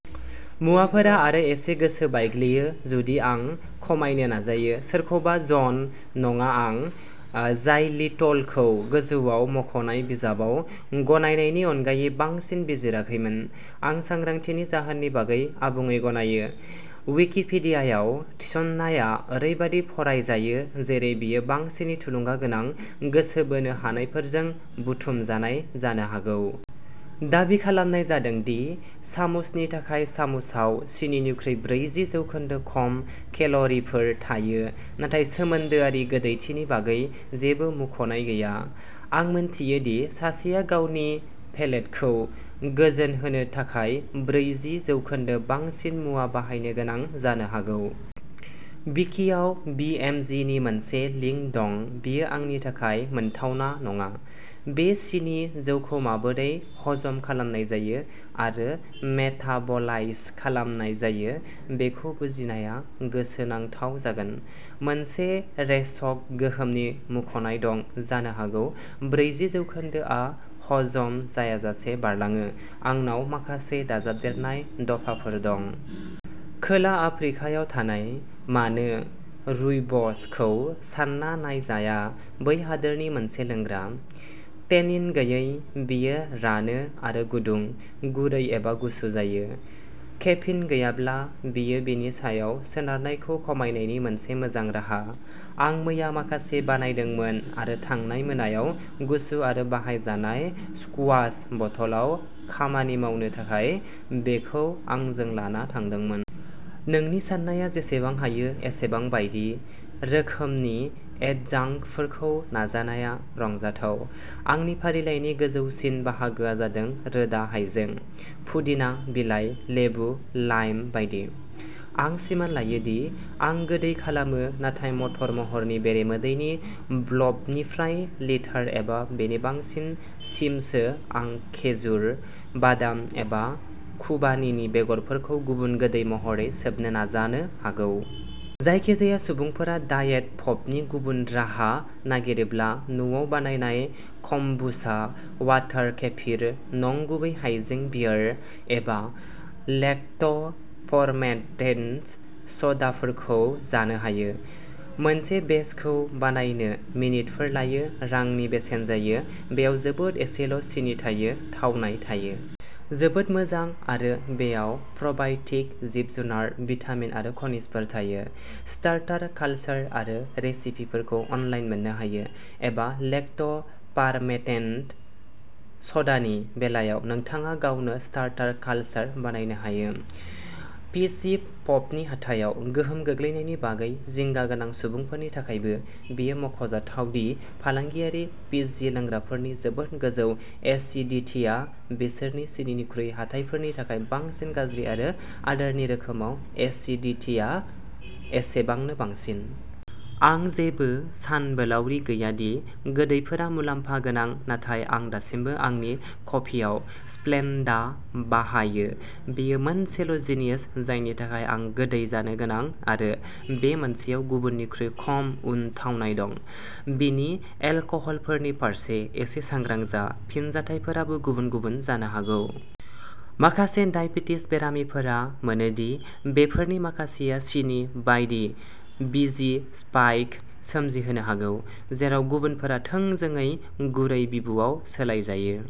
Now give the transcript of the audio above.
मुवाफोरा आरो एसे गोसो बायग्लियो जुदि आं खमायनो नाजायो सोरखौबा जन, नङा, आं जाइलिट'लखौ गोजौआव मख'नाय बिजाबाव गनायनायनि अनगायै बांसिन बिजिराखैमोन। आं सांग्रांथिनि जाहोननि बागै आबुङै गनायो। विकिपीडियायाव थिसननाया ओरैबायदि फरायजायो जेरै बेयो बांसिनै थुलुंगा गोनां गोसो बोनो हानायफोरजों बुथुमजानाय जानो हागौ। दाबि खालामनाय जादों दि सामुसनि थाखाय सामुसआव सिनिनिख्रुइ ब्रैजि जौखोन्दो खम केल'रिफोर थायो नाथाय सोमोन्दोआरि गोदैथिनि बागै जेबो मुंख'नाय गैया। आं मिन्थियो दि सासेआ गावनि पेलेटखौ गोजोनहोनो थाखाय ब्रैजि जौखोन्दो बांसिन मुवा बाहायनो गोनां जानो हागौ। विकिआव बि एम जे नि मोनसे लिंक दं बेयो आंनि थाखाय मोनथावना नङा। बे सिनि-जौखौ माबोरै हजम खालामनाय जायो आरो मेटाबलाइज खालामनाय जायो बेखौ बुजिनाया गोसोनांथाव जागोन। मोनसे रेचक गोहोमनि मुंख'नाय दं-जानो हागौ ब्रैजि जौखोन्दो आ हजम जायाजासे बारलाङो आंनाव माखासे दाजाबदेरनाय दफाफोर दं। खोला आफ्रिकायाव थानाय। मानो' रुइबस' खौ सानना नायजाया बै हादोरनि मोनसे लोंग्रा। टेनिन गैयै, बेयो रानो आरो गुदुं, गुरै एबा गुसु जायो। केफिन गैयाब्ला, बेयो बेनि सायाव सोनारनायखौ खमायनायनि मोनसे मोजां राहा। आं मैया माखासे बानायदोंमोन आरो थांनाय मोनायाव गुसु आरो बाहायजानाय स्कुवाश बथलआव खामानि मावनो थाखाय बेखौ आंजों लाना थांदोंमोन। नोंनि साननाया जेसेबां हायो एसेबां बायदि रोखोमनि एडजांक्टफोरखौ नाजानाया रंजाथाव। आंनि फारिलाइनि गोजौसिन बाहागोआ जादों रोदा हायजें, पुदिना बिलाइ, लेबु, लाइम बायदि। आं सिमान लायो दि आं गोदै खालामो नाथाय मटर महरनि बेरेमोदैनि ब्लबनिफ्राय लिटार एबा बेनि बांसिन सिमसो आं खेजुर, बादाम एबा खुबानीनि बेगरफोरखौ गुबुन गोदै महरै सोबनो नाजानो हागौ। जायखिजाया सुबुंफोरा डायेट पपनि गुबुन राहा नागिरोब्ला न'आव बानायनाय कम्बुचा, वाटार केफिर, नंगुबै हायजें बियार, एबा लेक्ट'- फार्मेन्टेड स'डाफोरखौ जानो हायो। मोनसे बेचखौ बानायनो मिनिटफोर लायो, रांनि बेसेन जायो, बेयाव जोबोद एसेल' सिनि थायो, थावनाय थायो। जोबोद मोजां, आरो बेयाव प्र'बाय'टिक जिब-जुनार, भिटामिन आरो खनिजफोर थायो। स्टार्टार कालसार आरो रेसिपिफोरखौ अनलाइन मोननो हायो, एबा लेक्ट'- फार्मेन्टेड स'डानि बेलायाव नोंथाङा गावनो स्टार्टार कालसार बानायनो हायो। फिज्जि पपनि हाथाइआव गोहोम गोग्लैनायनि बागै जिंगा गोनां सुबुंफोरनि थाखायबो बेयो मख'जाथाव दि फालांगियारि फिज्जि लोंग्राफोरनि जोबोद गोजौ एसिडिटीया बिसोरनि सिनिनिख्रुइ हाथाइफोरनि थाखाय बांसिन गाज्रि-आरो आदारनि रोखोमाव एसिडिटीआ एसेबांनो बांसिन। आं जेबो सानबोलावरि गैया दि गोदैफोरा मुलामफा गोनां नाथाय आं दासिमबो आंनि कफिआव स्प्लेन्डा बाहायो, बेयो मोनसेल' जिनिस जायनि थाखाय आं गोदै जानो गोनां आरो बे मोनसेयाव गुबुन निख्रुइ खम उन-थावनाय दं। सिनि एलकहलफोरनि फारसे एसे सांग्रां जा, फिनजाथायफोराबो गुबुन-गुबुन जानो हागौ। माखासे दाइबेटिस बेरामिफोरा मोनो दि बेफोरनि माखासेया सिनि बायदि बिजि स्पाइक सोमजिहोनो हागौ, जेराव गुबुनफोरा थोंजोङै गुरै बिबुआव सोलायजायो।